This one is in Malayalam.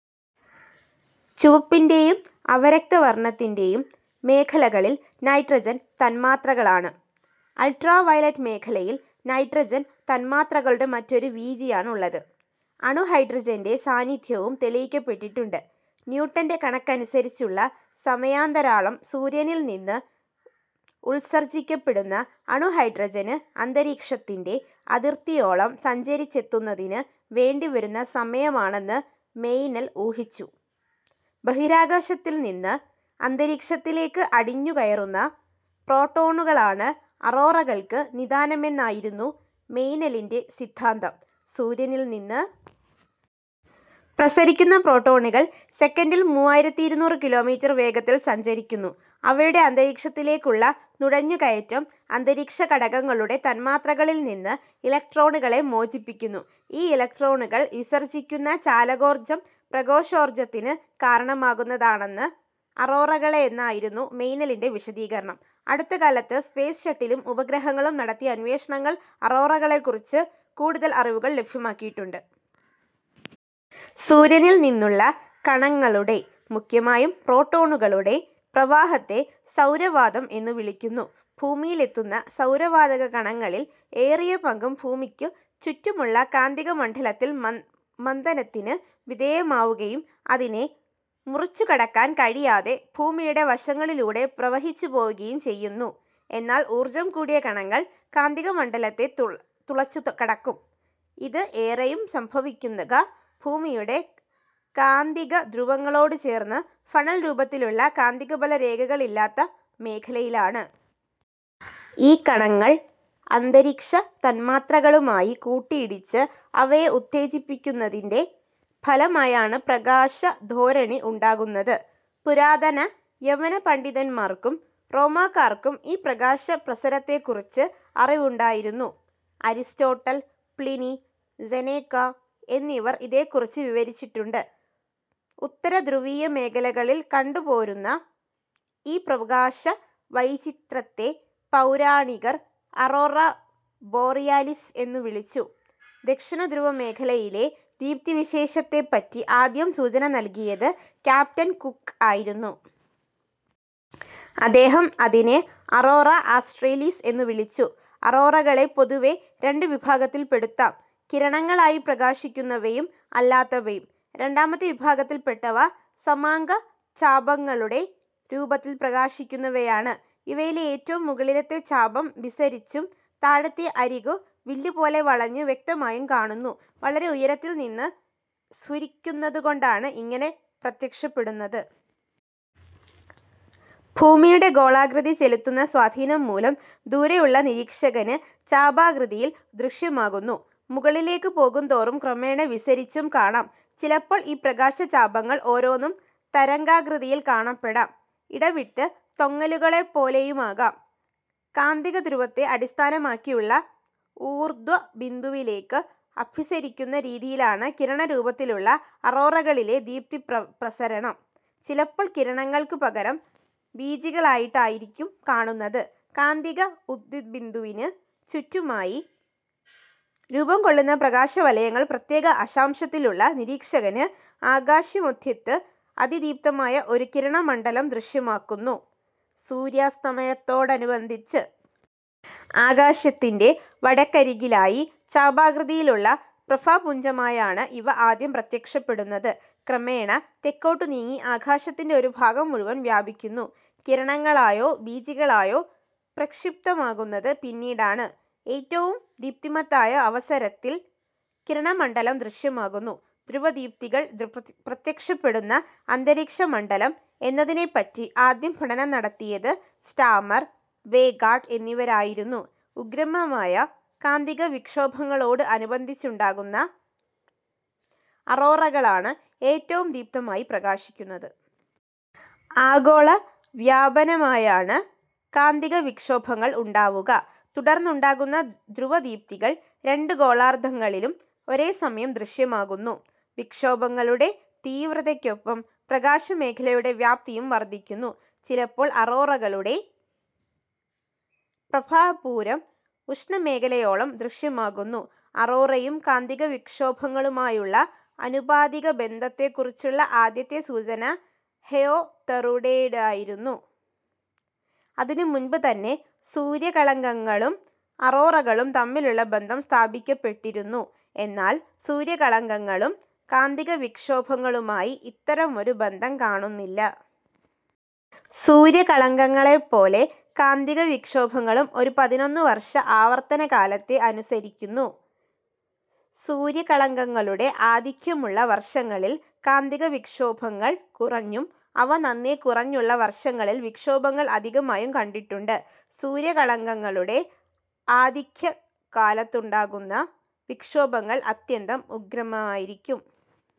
ചുവപ്പിൻ്റെ യും അവരക്തവർണത്തിൻ്റെ യും മേഖലകളിൽ നൈട്രജൻ തന്മാത്രകളാണ്. അൾട്രാവയലറ്റ് മേഖലയിൽ നൈട്രജൻ തന്മാത്രകളുടെ മറ്റൊരു വീചിയാണുള്ളത്. അണുഹൈഡ്രജൻ്റെ സാന്നിധ്യവും തെളിയിക്കപ്പെട്ടിട്ടുണ്ട്. ന്യൂട്ടൻ്റെ കണക്കനുസരിച്ചുള്ള സമയാന്തരാളം സൂര്യനിൽനിന്ന് ഉത്സർജിക്കപ്പെടുന്ന അണുഹൈഡ്രജന് അന്തരീക്ഷത്തിൻ്റെ അതിർത്തിയോളം സഞ്ചരിച്ചെത്തുന്നതിന് വേണ്ടിവരുന്ന സമയമാണെന്ന് മെയ്നെൽ ഊഹിച്ചു. ബഹിരാകാശത്തിൽ നിന്ന് അന്തരീക്ഷത്തിലേക്ക് അടിഞ്ഞുകയറുന്ന പ്രോട്ടോണുകളാണ് അറോറകൾക്ക് നിദാനമെന്നായിരുന്നു മെയ്നെലിൻ്റെ സിദ്ധാന്തം. സൂര്യനിൽനിന്ന് പ്രസരിക്കുന്ന പ്രോട്ടോണുകൾ സെക്കൻഡിൽ മൂവായിരത്തി ഇരുനൂറ് കിലോമീറ്റർ വേഗത്തിൽ സഞ്ചരിക്കുന്നു. അവയുടെ അന്തരീക്ഷത്തിലേക്കുള്ള നുഴഞ്ഞുകയറ്റം അന്തരീക്ഷഘടകങ്ങളുടെ തന്മാത്രകളിൽനിന്ന് ഇലക്ട്രോണുകളെ മോചിപ്പിക്കുന്നു. ഈ ഇലക്ട്രോണുകൾ വിസർജിക്കുന്ന ചാലകോർജം പ്രകാശോത്സർജനത്തിന് കാരണമാകുന്നതാണ് അറോറകളെന്നായിരുന്നു മെയ്നെലിൻ്റെ വിശദീകരണം. അടുത്തകാലത്ത് സ്പേസ് ഷട്ടിലും ഉപഗ്രഹങ്ങളും നടത്തിയ അന്വേഷണങ്ങൾ അറോറകളെക്കുറിച്ച് കൂടുതൽ അറിവുകൾ ലഭ്യമാക്കിയിട്ടുണ്ട്. സൂര്യനിൽനിന്നുള്ള കണങ്ങളുടെ, മുഖ്യമായും പ്രോട്ടോണുകളുടെ, പ്രവാഹത്തെ സൗരവാതം എന്നു വിളിക്കുന്നു. ഭൂമിയിലെത്തുന്ന സൗരവാതകണങ്ങളിൽ ഏറിയപങ്കും ഭൂമിക്കു ചുറ്റുമുള്ള കാന്തികമണ്ഡലത്തിൽ മന്ദനത്തിന് വിധേയമാവുകയും അതിനെ മുറിച്ചുകടക്കാൻ കഴിയാതെ ഭൂമിയുടെ വശങ്ങളിലൂടെ പ്രവഹിച്ചുപോവുകയും ചെയ്യുന്നു. എന്നാൽ ഊർജം കൂടിയ കണങ്ങൾ കാന്തികമണ്ഡലത്തെ തുളച്ചുകടക്കും. ഇത് ഏറെയും സംഭവിക്കുക ഭൂമിയുടെ കാന്തികധ്രുവങ്ങളോടു ചേർന്ന് ഫണൽ രൂപത്തിലുള്ള കാന്തികബലരേഖകളില്ലാത്ത മേഖലയിലാണ്. ഈ കണങ്ങൾ അന്തരീക്ഷതന്മാത്രകളുമായി കൂട്ടിയിടിച്ച് അവയെ ഉത്തേജിപ്പിക്കുന്നതിൻ്റെ ഫലമായാണ് പ്രകാശധോരണി ഉണ്ടാകുന്നത്. പുരാതന യവനപണ്ഡിതന്മാർക്കും റോമാക്കാർക്കും ഈ പ്രകാശപ്രസരത്തെക്കുറിച്ച് അറിവുണ്ടായിരുന്നു. അരിസ്റ്റോട്ടൽ, പ്ലിനി, സെനേക്കാ എന്നിവർ ഇതേക്കുറിച്ച് വിവരിച്ചിട്ടുണ്ട്. ഉത്തരധ്രുവീയമേഖലകളിൽ കണ്ടുപോരുന്ന ഈ പ്രകാശവൈചിത്ര്യത്തെ പൗരാണികർ അറോറാ ബോറിയാലിസ് എന്നു വിളിച്ചു. ദക്ഷിണധ്രുവമേഖലയിലെ ദീപ്തിവിശേഷത്തെപ്പറ്റി ആദ്യം സൂചന നൽകിയത് ക്യാപ്റ്റൻ കുക്ക് ആയിരുന്നു. അദ്ദേഹം അതിനെ അറോറാ ആസ്റ്റ്രേലിസ് എന്നു വിളിച്ചു. അറോറകളെ പൊതുവേ രണ്ടു വിഭാഗത്തിൽപ്പെടുത്താം, കിരണങ്ങളായി പ്രകാശിക്കുന്നവയും അല്ലാത്തവയും. രണ്ടാമത്തെ വിഭാഗത്തിൽപ്പെട്ടവ സമാംഗചാപങ്ങളുടെ രൂപത്തിൽ പ്രകാശിക്കുന്നവയാണ്. ഇവയിലെ ഏറ്റവും മുകളിലത്തെ ചാപം വിസരിച്ചും താഴത്തെ അരികു വില്ലുപോലെ വളഞ്ഞ് വ്യക്തമായും കാണുന്നു. വളരെ ഉയരത്തിൽനിന്ന് സ്ഫുരിക്കുന്നതുകൊണ്ടാണ് ഇങ്ങനെ പ്രത്യക്ഷപ്പെടുന്നത്. ഭൂമിയുടെ ഗോളാകൃതി ചെലുത്തുന്ന സ്വാധീനംമൂലം ദൂരെയുള്ള നിരീക്ഷകന് ചാപാകൃതിയിൽ ദൃശ്യമാകുന്നു. മുകളിലേക്കു പോകുന്തോറും ക്രമേണ വിസരിച്ചും കാണാം. ചിലപ്പോൾ ഈ പ്രകാശചാപങ്ങൾ ഓരോന്നും തരംഗാകൃതിയിൽ കാണപ്പെടാം. ഇടവിട്ട് തൊങ്ങലുകളെപ്പോലെയുമാകാം. കാന്തികധ്രുവത്തെ അടിസ്ഥാനമാക്കിയുള്ള ഊർധ്വബിന്ദുവിലേക്ക് അഭിസരിക്കുന്ന രീതിയിലാണ് കിരണരൂപത്തിലുള്ള അറോറകളിലെ ദീപ്തിപ്രസരണം. ചിലപ്പോൾ കിരണങ്ങൾക്കുപകരം വീചികളായിട്ടായിരിക്കും കാണുന്നത്. കാന്തിക ഊർധ്വബിന്ദുവിനു ചുറ്റുമായി രൂപംകൊള്ളുന്ന പ്രകാശവലയങ്ങൾ പ്രത്യേക അക്ഷാംശത്തിലുള്ള നിരീക്ഷകന് ആകാശമധ്യത്ത് അതിദീപ്തമായ ഒരു കിരണമണ്ഡലം ദൃശ്യമാക്കുന്നു. സൂര്യാസ്തമയത്തോടനുബന്ധിച്ച് ആകാശത്തിൻ്റെ വടക്കരികിലായി ചാപാകൃതിയിലുള്ള പ്രഭാപുഞ്ജമായാണ് ഇവ ആദ്യം പ്രത്യക്ഷപ്പെടുന്നത്. ക്രമേണ തെക്കോട്ടുനീങ്ങി ആകാശത്തിൻ്റെ ഒരു ഭാഗം മുഴുവൻ വ്യാപിക്കുന്നു. കിരണങ്ങളായോ വീചികളായോ പ്രക്ഷിപ്തമാകുന്നത് പിന്നീടാണ്. ഏറ്റവും ദീപ്തിമത്തായ അവസരത്തിൽ കിരണമണ്ഡലം ദൃശ്യമാകുന്നു. ധ്രുവദീപ്തികൾ പ്രത്യക്ഷപ്പെടുന്ന അന്തരീക്ഷമണ്ഡലം ഏതെന്നതിനെപ്പറ്റി ആദ്യം പഠനം നടത്തിയത് സ്റ്റാമർ, വേഗാഡ് എന്നിവരായിരുന്നു. ഉഗ്രമായ കാന്തികവിക്ഷോഭങ്ങളോട് അനുബന്ധിച്ചുണ്ടാകുന്ന അറോറകളാണ് ഏറ്റവും ദീപ്തമായി പ്രകാശിക്കുന്നത്. ആഗോളവ്യാപനമായാണ് കാന്തികവിക്ഷോഭങ്ങൾ ഉണ്ടാവുക. തുടർന്നുണ്ടാകുന്ന ധ്രുവദീപ്തികൾ രണ്ടു ഗോളാർധങ്ങളിലും ഒരേസമയം ദൃശ്യമാകുന്നു. വിക്ഷോഭങ്ങളുടെ തീവ്രതയ്ക്കൊപ്പം പ്രകാശമേഖലയുടെ വ്യാപ്തിയും വർധിക്കുന്നു. ചിലപ്പോൾ അറോറകളുടെ പ്രഭാപൂരം ഉഷ്ണമേഖലയോളം ദൃശ്യമാകുന്നു. അറോറയും കാന്തികവിക്ഷോഭങ്ങളുമായുള്ള ആനുപാതികബന്ധത്തെക്കുറിച്ചുള്ള ആദ്യത്തെ സൂചന ഹെയോർതറുടേതായിരുന്നു. അതിനുമുൻപുതന്നെ സൂര്യകളങ്കങ്ങളും അറോറകളും തമ്മിലുള്ള ബന്ധം സ്ഥാപിക്കപ്പെട്ടിരുന്നു. എന്നാൽ സൂര്യകളങ്കങ്ങളും കാന്തികവിക്ഷോഭങ്ങളുമായി ഇത്തരമൊരു ബന്ധം കാണുന്നില്ല. സൂര്യകളങ്കങ്ങളെപ്പോലെ കാന്തികവിക്ഷോഭങ്ങളും ഒരു പതിനൊന്നുവർഷ ആവർത്തനകാലത്തെ അനുസരിക്കുന്നു. സൂര്യകളങ്കങ്ങളുടെ ആധിക്യമുള്ള വർഷങ്ങളിൽ കാന്തികവിക്ഷോഭങ്ങൾ കുറഞ്ഞും അവ നന്നേ കുറഞ്ഞുള്ള വർഷങ്ങളിൽ വിക്ഷോഭങ്ങൾ അധികമായും കണ്ടിട്ടുണ്ട്. സൂര്യകളങ്കങ്ങളുടെ ആധിക്യകാലത്തുണ്ടാകുന്ന വിക്ഷോഭങ്ങൾ അത്യന്തം ഉഗ്രമായിരിക്കും.